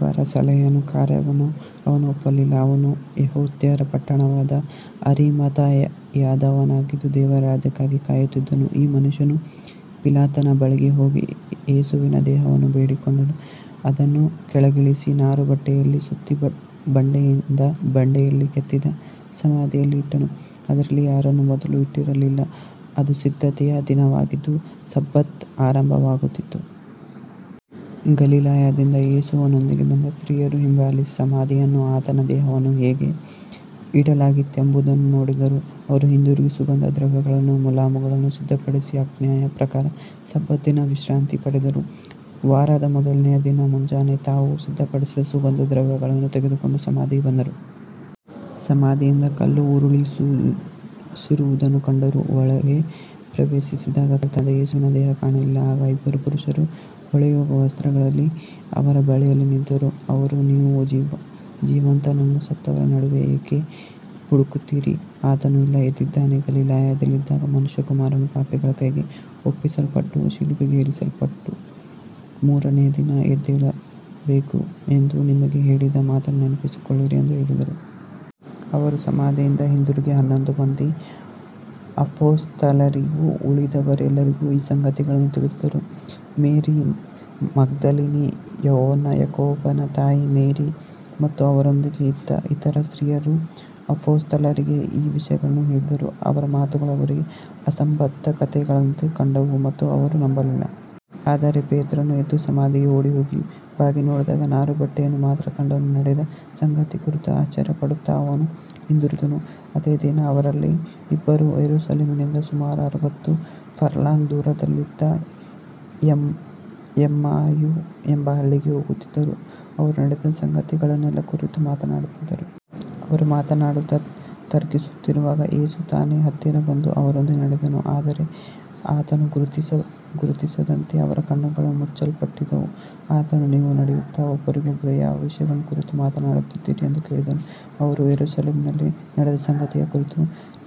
ಅವರ ಸಲಹೆಯನ್ನೂ ಕಾರ್ಯವನ್ನೂ ಅವನು ಒಪ್ಪಲಿಲ್ಲ. ಅವನು ಯಹೂದ್ಯರ ಪಟ್ಟಣವಾದ ಅರಿಮಥಾಯದವನಾಗಿದ್ದು, ದೇವರ ರಾಜ್ಯಕ್ಕಾಗಿ ಕಾಯುತ್ತಿದ್ದನು. ಈ ಮನುಷ್ಯನು ಪಿಲಾತನ ಬಳಿಗೆ ಹೋಗಿ ಯೇಸುವಿನ ದೇಹವನ್ನು ಬೇಡಿಕೊಂಡನು. ಅದನ್ನು ಕೆಳಗಿಳಿಸಿ ನಾರುಬಟ್ಟೆಯಲ್ಲಿ ಸುತ್ತಿ, ಬಂಡೆಯಲ್ಲಿ ಕೆತ್ತಿದ ಸಮಾಧಿಯಲ್ಲಿ ಇಟ್ಟನು. ಅದರಲ್ಲಿ ಯಾರನ್ನೂ ಮೊದಲು ಇಟ್ಟಿರಲಿಲ್ಲ. ಅದು ಸಿದ್ಧತೆಯ ದಿನವಾಗಿದ್ದು ಸಬ್ಬತ್ ಆರಂಭವಾಗುತ್ತಿತ್ತು. ಗಲಿಲಾಯದಿಂದ ಯೇಸುವಿನೊಂದಿಗೆ ಬಂದ ಸ್ತ್ರೀಯರು ಹಿಂಬಾಲಿಸಿ, ಸಮಾಧಿಯನ್ನೂ ಆತನ ದೇಹವನ್ನು ಹೇಗೆ ಇಡಲಾಗಿತ್ತೆಂಬುದನ್ನೂ ನೋಡಿದರು. ಅವರು ಹಿಂದಿರುಗಿ ಸುಗಂಧ ದ್ರವ್ಯಗಳನ್ನೂ ಮುಲಾಮುಗಳನ್ನೂ ಸಿದ್ಧಪಡಿಸಿ, ಆಜ್ಞೆಯ ಪ್ರಕಾರ ಸಬ್ಬತ್ ದಿನ ವಿಶ್ರಾಂತಿ ಪಡೆದರು. ವಾರದ ಮೊದಲನೆಯ ದಿನ ಮುಂಜಾನೆ, ತಾವು ಸಿದ್ಧಪಡಿಸಿದ ಸುಗಂಧ ದ್ರವ್ಯಗಳನ್ನು ತೆಗೆದುಕೊಂಡು ಸಮಾಧಿಗೆ ಬಂದರು. ಸಮಾಧಿಯಿಂದ ಕಲ್ಲು ಉರುಳಿಸಿರುವುದನ್ನು ಕಂಡರು. ಒಳಗೆ ಪ್ರವೇಶಿಸಿದಾಗ ಕರ್ತನಾದ ಯೇಸುವಿನ ದೇಹ ಕಾಣಲಿಲ್ಲ. ಆಗ ಇಬ್ಬರು ಪುರುಷರು ಹೊಳೆಯುವ ವಸ್ತ್ರಗಳಲ್ಲಿ ಅವರ ಬಳಿಯಲ್ಲಿ ನಿಂತರು. ಅವರು, ನೀವು ಜೀವಂತನನ್ನು ಸತ್ತವರ ನಡುವೆ ಏಕೆ ಹುಡುಕುತ್ತೀರಿ. ಆತನು ಇಲ್ಲ, ಎದ್ದಿದ್ದಾನೆ. ಗಲಿಲಾಯದಲ್ಲಿದ್ದಾಗ ಮನುಷ್ಯಕುಮಾರನು ಪಾಪಿಗಳ ಕೈಗೆ ಒಪ್ಪಿಸಲ್ಪಟ್ಟು ಶಿಲುಬೆಗೇರಿಸಲ್ಪಟ್ಟು ಮೂರನೆಯ ದಿನ ಎದ್ದೇಳಬೇಕು ಎಂದು ನಿಮಗೆ ಹೇಳಿದ ಮಾತನ್ನು ನೆನಪಿಸಿಕೊಳ್ಳಿರಿ ಎಂದು ಹೇಳಿದರು. ಅವರು ಸಮಾಧಿಯಿಂದ ಹಿಂದಿರುಗಿ ಹನ್ನೊಂದು ಮಂದಿ ಅಪೊಸ್ತಲರಿಗೂ ಉಳಿದವರೆಲ್ಲರಿಗೂ ಈ ಸಂಗತಿಗಳನ್ನು ತಿಳಿಸಿದರು. ಮೇರಿ ಮಗ್ದಲಿನಿ, ಯೋವಾನ್ನಾ, ಯಾಕೋಬನ ತಾಯಿ ಮೇರಿ ಮತ್ತು ಅವರೊಂದಿಗೆ ಇದ್ದ ಇತರ ಸ್ತ್ರೀಯರು ಅಪೊಸ್ತಲರಿಗೆ ಈ ವಿಷಯಗಳನ್ನು ಹೇಳಿದರು. ಅವರ ಮಾತುಗಳು ಅವರಿಗೆ ಅಸಂಬದ್ಧ ಕಥೆಗಳಂತೆ ಕಂಡವು ಮತ್ತು ಅವರು ನಂಬಲಿಲ್ಲ. ಆದರೆ ಪೇತ್ರನು ಎದ್ದು ಸಮಾಧಿಗೆ ಓಡಿಹೋಗಿ ಬಾಗಿ ನೋಡಿದಾಗ ನಾರುಬಟ್ಟೆಗಳು ಮಾತ್ರ ಕಂಡವು. ನಡೆದ ಸಂಗತಿಯನ್ನು ಕುರಿತು ಆಶ್ಚರ್ಯಪಡುತ್ತಾ ಅವನು ಹಿಂದಿರುಗಿದನು. ಅದೇ ದಿನ ಅವರಲ್ಲಿ ಇಬ್ಬರು ಯೆರೂಸಲೇಮಿನಿಂದ ಸುಮಾರು ಅರವತ್ತು ಫರ್ಲಾಂಗ್ ದೂರದಲ್ಲಿದ್ದ ಎಮ್ಮಾಯು ಎಂಬ ಹಳ್ಳಿಗೆ ಹೋಗುತ್ತಿದ್ದರು. ಅವರು ನಡೆದ ಸಂಗತಿಗಳನ್ನೆಲ್ಲ ಕುರಿತು ಮಾತನಾಡುತ್ತಿದ್ದರು. ಅವರು ಮಾತನಾಡುತ್ತಾ ತರ್ಕಿಸುತ್ತಿರುವಾಗ ಯೇಸು ತಾನೇ ಹತ್ತಿರ ಬಂದು ಅವರೊಂದಿಗೆ ನಡೆದನು. ಆದರೆ ಆತನನ್ನು ಗುರುತಿಸದಂತೆ ಅವರ ಕಣ್ಣುಗಳು ಮುಚ್ಚಲ್ಪಟ್ಟಿದ್ದವು. ಆತನು, ನೀವು ನಡೆಯುತ್ತಾ ಒಬ್ಬರಿಗೊಬ್ಬರು ಯಾವ ವಿಷಯಗಳ ಕುರಿತು ಮಾತನಾಡುತ್ತಿದ್ದೀರಿ ಎಂದು ಕೇಳಿದನು. ಅವರು, ಯೆರೂಸಲೇಮಿನಲ್ಲಿ ನಡೆದ ಸಂಗತಿಗಳ ಕುರಿತು.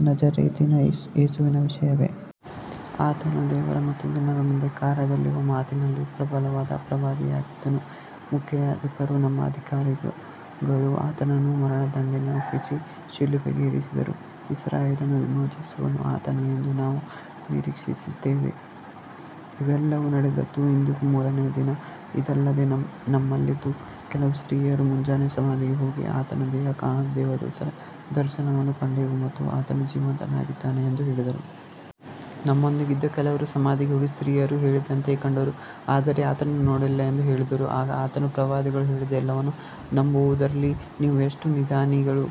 ನಜರೇತಿನ ಯೇಸುವಿನ ವಿಷಯವೇ. ಆತನು ದೇವರ ಮತ್ತು ಜನರ ಮುಂದೆ ಕಾರ್ಯದಲ್ಲಿಯೂ ಮಾತಿನಲ್ಲಿಯೂ ಪ್ರಬಲವಾದ ಪ್ರವಾದಿಯಾಗಿದ್ದನು. ಮುಖ್ಯಯಾಜಕರೂ ನಮ್ಮ ಅಧಿಕಾರಿಗಳೂ ಆತನನ್ನು ಮರಣದಂಡನೆಗೆ ಒಪ್ಪಿಸಿ ಶಿಲುಬೆಗೇರಿಸಿದರು. ಇಸ್ರಾಯೇಲನ್ನು ವಿಮೋಚಿಸುವವನು ಆತನೇ ಎಂದು ನಾವು ನಿರೀಕ್ಷಿಸಿದ್ದೆವು. ಇವೆಲ್ಲವೂ ನಡೆದದ್ದು ಇಂದಿಗೆ ಮೂರನೆಯ ದಿನ. ಇದಲ್ಲದೆ ನಮ್ಮಲ್ಲಿದ್ದ ಕೆಲವು ಸ್ತ್ರೀಯರು ಮುಂಜಾನೆ ಸಮಾಧಿಗೆ ಹೋಗಿ, ಆತನ ದೇಹ ಕಾಣದೆ, ದೇವದೂತರ ದರ್ಶನವನ್ನು ಕಂಡೆವು ಮತ್ತು ಆತನು ಜೀವಂತನಾಗಿದ್ದಾನೆ ಎಂದು ಹೇಳಿದರು. ನಮ್ಮೊಂದಿಗಿದ್ದ ಕೆಲವರು ಸಮಾಧಿಗೆ ಹೋಗಿ ಸ್ತ್ರೀಯರು ಹೇಳಿದಂತೆಯೇ ಕಂಡರು, ಆದರೆ ಆತನನ್ನು ನೋಡಲಿಲ್ಲ ಎಂದು ಹೇಳಿದರು. ಆಗ ಆತನು, ಪ್ರವಾದಿಗಳು ಹೇಳಿದ ಎಲ್ಲವನ್ನೂ ನಂಬುವುದರಲ್ಲಿ ನೀವು ಎಷ್ಟು ನಿಧಾನಿಗಳು.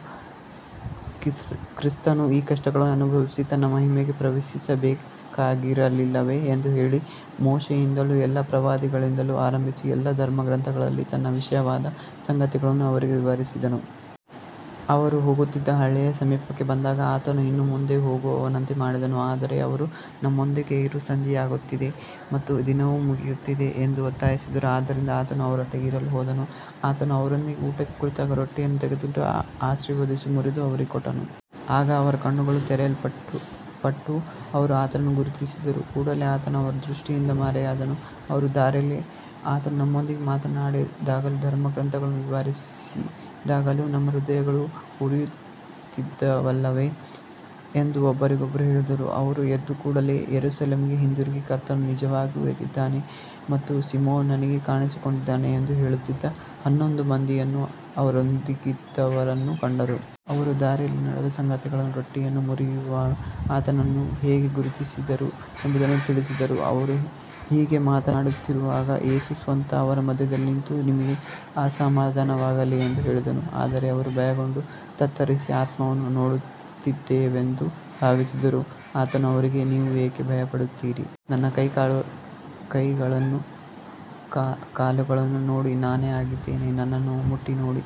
ಕ್ರಿಸ್ತನು ಈ ಕಷ್ಟಗಳನ್ನು ಅನುಭವಿಸಿ ತನ್ನ ಮಹಿಮೆಗೆ ಪ್ರವೇಶಿಸಬೇಕಾಗಿರಲಿಲ್ಲವೇ ಎಂದು ಹೇಳಿ, ಮೋಶೆಯಿಂದಲೂ ಎಲ್ಲಾ ಪ್ರವಾದಿಗಳಿಂದಲೂ ಆರಂಭಿಸಿ ಎಲ್ಲಾ ಧರ್ಮಗ್ರಂಥಗಳಲ್ಲಿ ತನ್ನ ವಿಷಯವಾದ ಸಂಗತಿಗಳನ್ನು ಅವರಿಗೆ ವಿವರಿಸಿದನು. ಅವರು ಹೋಗುತ್ತಿದ್ದ ಹಳ್ಳಿಯ ಸಮೀಪಕ್ಕೆ ಬಂದಾಗ ಆತನು ಇನ್ನೂ ಮುಂದೆ ಹೋಗುವವನಂತೆ ಮಾಡಿದನು. ಆದರೆ ಅವರು, ನಮ್ಮೊಂದಿಗೆ ಇರು, ಸಂಜೆಯಾಗುತ್ತಿದೆ ಮತ್ತು ದಿನವು ಮುಗಿಯುತ್ತಿದೆ ಎಂದು ಒತ್ತಾಯಿಸಿದರು. ಆದ್ದರಿಂದ ಆತನು ಅವರೊಂದಿಗೆ ಇರಲು ಹೋದನು. ಆತನು ಅವರೊಂದಿಗೆ ಊಟಕ್ಕೆ ಕುಳಿತಾಗ ರೊಟ್ಟಿಯನ್ನು ತೆಗೆದುಕೊಂಡು ಆಶೀರ್ವದಿಸಿ ಮುರಿದು ಅವರಿಗೆ ಕೊಟ್ಟನು. ಆಗ ಅವರ ಕಣ್ಣುಗಳು ತೆರೆಯಲ್ಪಟ್ಟು ಅವರು ಆತನನ್ನು ಗುರುತಿಸಿದರು. ಕೂಡಲೇ ಆತನು ಅವರ ದೃಷ್ಟಿಯಿಂದ ಮರೆಯಾದನು. ಅವರು, ದಾರಿಯಲ್ಲಿ ಆತನು ನಮ್ಮೊಂದಿಗೆ ಮಾತನಾಡಿದಾಗಲೂ ಧರ್ಮಗ್ರಂಥಗಳನ್ನು ವಿವರಿಸಿದಾಗಲೂ ನಮ್ಮ ಹೃದಯಗಳು ಉರಿಯುತ್ತಿದ್ದವಲ್ಲವೇ ಎಂದು ಒಬ್ಬರಿಗೊಬ್ಬರು ಹೇಳಿದರು. ಅವರು ಎದ್ದು ಕೂಡಲೇ ಯೆರೂಸಲೇಮಿಗೆ ಹಿಂದಿರುಗಿ, ಕರ್ತನು ನಿಜವಾಗಿಯೂ ಎದ್ದಿದ್ದಾನೆ ಮತ್ತು ಸೀಮೋನನಿಗೆ ಕಾಣಿಸಿಕೊಂಡಿದ್ದಾನೆ ಎಂದು ಹೇಳುತ್ತಿದ್ದ ಹನ್ನೊಂದು ಮಂದಿಯನ್ನೂ ಅವರೊಂದಿಗಿದ್ದವರನ್ನೂ ಕಂಡರು. ಅವರೂ ದಾರಿಯಲ್ಲಿ ನಡೆದ ಸಂಗತಿಗಳನ್ನೂ ರೊಟ್ಟಿಯನ್ನು ಮುರಿಯುವಾಗ ಆತನನ್ನು ಹೇಗೆ ಗುರುತಿಸಿದರು ಎಂಬುದನ್ನೂ ತಿಳಿಸಿದರು. ಅವರು ಹೀಗೆ ಮಾತನಾಡುತ್ತಿರುವಾಗ ಯೇಸು ಸ್ವತಃ ಅವರ ಮಧ್ಯದಲ್ಲಿ ನಿಂತು, ನಿಮಗೆ ಸಮಾಧಾನವಾಗಲಿ ಎಂದು ಹೇಳಿದನು. ಆದರೆ ಅವರು ಭಯಗೊಂಡು ತತ್ತರಿಸಿ, ಆತ್ಮವನ್ನು ನೋಡುತ್ತಿದ್ದೇವೆಂದು ಭಾವಿಸಿದರು. ಆತನು ಅವರಿಗೆ, ನೀವು ಏಕೆ ಭಯಪಡುತ್ತೀರಿ. ನನ್ನ ಕೈಗಳನ್ನೂ ಕಾಲುಗಳನ್ನೂ ನೋಡಿ, ನಾನೇ ಆಗಿದ್ದೇನೆ. ನನ್ನನ್ನು ಮುಟ್ಟಿ ನೋಡಿ.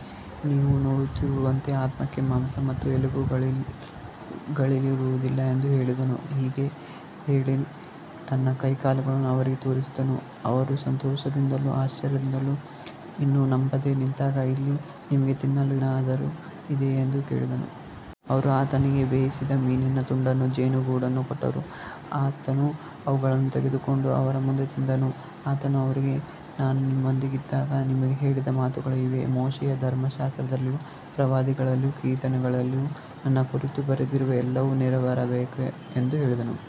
ನೀವು ನೋಡುತ್ತಿರುವಂತೆ ಆತ್ಮಕ್ಕೆ ಮಾಂಸ ಮತ್ತು ಎಲುಬುಗಳಿರುವುದಿಲ್ಲ ಎಂದು ಹೇಳಿದನು. ಹೀಗೆ ಹೇಳಿ ತನ್ನ ಕೈಕಾಲುಗಳನ್ನು ಅವರಿಗೆ ತೋರಿಸಿದನು. ಅವರು ಸಂತೋಷದಿಂದಲೂ ಆಶ್ಚರ್ಯದಿಂದಲೂ ಇನ್ನೂ ನಂಬದೆ ನಿಂತಾಗ, ಇಲ್ಲಿ ನಿಮಗೆ ತಿನ್ನಲು ಏನಾದರೂ ಇದೆಯೇ ಎಂದು ಕೇಳಿದನು. ಅವರು ಆತನಿಗೆ ಬೇಯಿಸಿದ ಮೀನಿನ ತುಂಡನ್ನೂ ಜೇನುಗೂಡನ್ನೂ ಕೊಟ್ಟರು. ಆತನು ಅವುಗಳನ್ನು ತೆಗೆದುಕೊಂಡು ಅವರ ಮುಂದೆ ತಿಂದನು. ಆತನು ಅವರಿಗೆ, ನಾನು ನಿಮ್ಮೊಂದಿಗಿದ್ದಾಗ ನಿಮಗೆ ಹೇಳಿದ ಮಾತುಗಳು ಇವೇ. ಮೋಶೆಯ ಧರ್ಮಶಾಸ್ತ್ರದಲ್ಲಿಯೂ ಪ್ರವಾದಿಗಳಲ್ಲಿಯೂ ಕೀರ್ತನೆಗಳಲ್ಲಿಯೂ ನನ್ನ ಕುರಿತು ಬರೆದಿರುವ ಎಲ್ಲವೂ ನೆರವೇರಬೇಕು ಎಂದು ಹೇಳಿದನು.